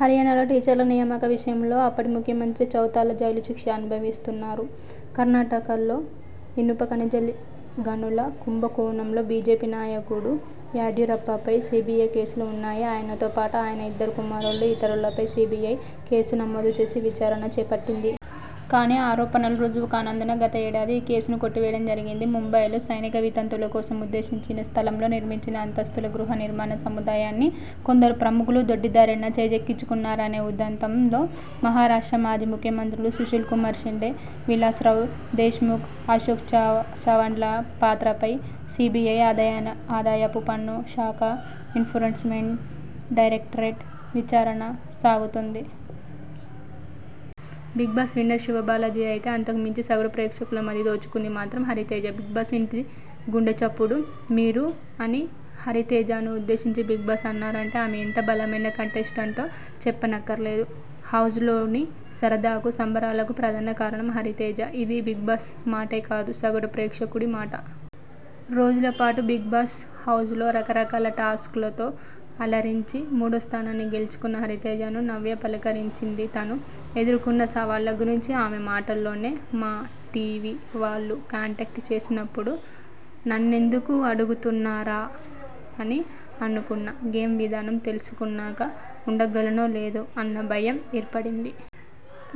హర్యానాలో టీచర్ల నియామక విషయంలో అప్పటి ముఖ్యమంత్రి చౌతాలా జైలు శిక్ష అనుభవిస్తున్నారు. కర్ణాటకలో ఇనుప ఖనిజ గనుల కుంభకోణంలో బీజేపీ నాయకుడు యడ్యూరప్పపై సీబీఐ కేసులు ఉన్నాయి. ఆయనతో పాటు ఆయన ఇద్దరు కుమారులు, ఇతరులపై సీబీఐ కేసు నమోదు చేసి విచారణ చేపట్టింది. కానీ ఆరోపణలు రుజువు కానందున గత ఏడాది ఈ కేసును కొట్టివేయడం జరిగింది. ముంబయిలో సైనిక వితంతువుల కోసం ఉద్దేశించిన స్థలంలో నిర్మించిన అంతస్తుల గృహ నిర్మాణ సముదాయాన్ని కొందరు ప్రముఖులు దొడ్డిదారిన చేజిక్కించుకున్నారనే ఉదంతం లో మహారాష్ట్ర మాజీ ముఖ్యమంత్రులు సుశీల్ కుమార్ షిండే, విలాస్రావ్ దేశ్ముఖ్, అశోక్ చవాన్ల పాత్రపై సీబీఐ, ఆదాయపు పన్ను శాఖ ఎన్పోర్స్మెంట్ డైరెక్టరేట్ విచారణ సాగుతోంది. 'Bigg Boss' winner Shivabalaji! అయితే అంతకుమించి సగటు ప్రేక్షకుల మది దోచుకుంది మాత్రం హరితేజ!! ''బిగ్బాస్' ఇంటి గుండెచప్పుడు మీరు'' అని హరితేజను ఉద్ధేశించి బిగ్బాస్ అన్నారంటే ఆమె ఎంత బలమైన కంటెస్టంటో చెప్పనక్కర్లేదు. హౌస్లోని సరదాకు, సంబరాలకు ప్రధాన కారణం హరితేజ. ఇది 'బిగ్బాస్' మాటే కాదు సగటు ప్రేక్షకుడి మాట. రోజులపాటు 'బిగ్బాస్' హౌస్లో రకరకాల టాస్క్లతో అలరించి, మూడోస్థానాన్ని గెలుచుకున్న హరితేజను 'నవ్య' పలకరించింది. తను ఎదుర్కొన్న సవాళ్ల గురించి ఆమె మాటల్లోనే 'మా' టీవీ వాళ్లు కాంటాక్ట్ చేసినప్పుడు నన్నెందుకు అడుగుతున్నారా? అని అనుకున్నా. గేమ్ విధానం తెలుసుకున్నాక ఉండగలనో లేదో అన్న భయం ఏర్పడింది.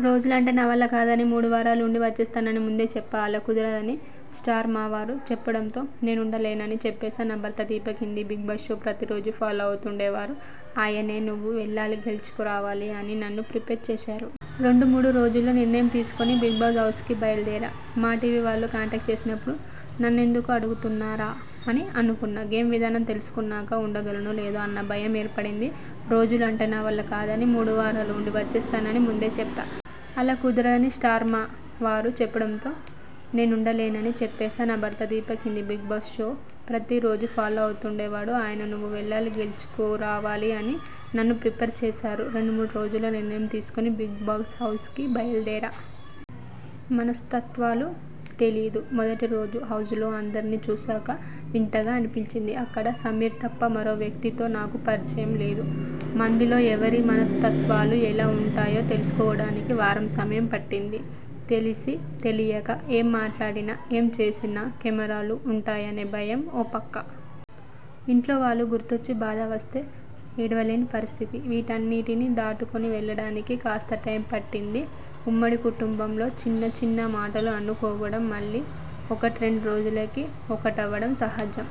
రోజులు అంటే నా వల్ల కాదనీ, మూడువారాలు ఉండి వచ్చేస్తాననీ ముందే చెప్పా. అలా కుదరదని 'స్టార్ మా' వారు చెప్పడంతో నేనుండలేనని చెప్పేశా. నా భర్త దీపక్ హిందీ బిగ్బాస్ షో ప్రతి రోజూ ఫాలో అవుతుండేవారు. ఆయనే 'నువ్వు వెళ్లాలి, గెలుచుకురావాలి' అని నన్ను ప్రిపేర్ చేశారు. రెండు మూడు రోజుల్లో నిర్ణయం తీసుకుని 'బిగ్బాస్' హౌస్కి బయలుదేరా. 'మా' టీవీ వాళ్లు కాంటాక్ట్ చేసినప్పుడు నన్నెందుకు అడుగుతున్నారా? అని అనుకున్నా. గేమ్ విధానం తెలుసుకున్నాక ఉండగలనో లేదో అన్న భయం ఏర్పడింది. రోజులు అంటే నా వల్ల కాదనీ, మూడువారాలు ఉండి వచ్చేస్తాననీ ముందే చెప్పా. అలా కుదరదని 'స్టార్ మా' వారు చెప్పడంతో నేనుండలేనని చెప్పేశా. నా భర్త దీపక్ హిందీ బిగ్బాస్ షో ప్రతి రోజూ ఫాలో అవుతుండేవారు. ఆయనే 'నువ్వు వెళ్లాలి, గెలుచుకురావాలి' అని నన్ను ప్రిపేర్ చేశారు. రెండు మూడు రోజుల్లో నిర్ణయం తీసుకుని 'బిగ్బాస్' హౌస్కి బయలుదేరా. మనస్తత్వాలు తెలీదు మొదటి రోజు హౌస్లో అందర్నీ చూశాక వింతగా అనిపించింది. అక్కడ సమీర్ తప్ప మరో వ్యక్తితో నాకు పరిచయం లేదు. మందిలో ఎవరి మనస్తత్వాలు ఎలా ఉంటాయో తెలుసుకోవడానికి వారం సమయం పట్టింది. తెలిసీ తెలియక ఏం మాట్లాడినా, ఏం చేసినా కెమెరాలు ఉంటాయనే భయం ఓ పక్క. ఇంట్లో వాళ్లు గుర్తొచ్చి బాధ వస్తే ఏడ్వలేని పరిస్థితి. వీటన్నింటినీ దాటుకుని వెళ్లడానికి కాస్త టైమ్ పట్టింది. ఉమ్మడి కుటుంబంలో చిన్న చిన్న మాటలు అనుకోవడం, మళ్లీ ఒకట్రెండు రోజులకి ఒకటవ్వడం సహజం.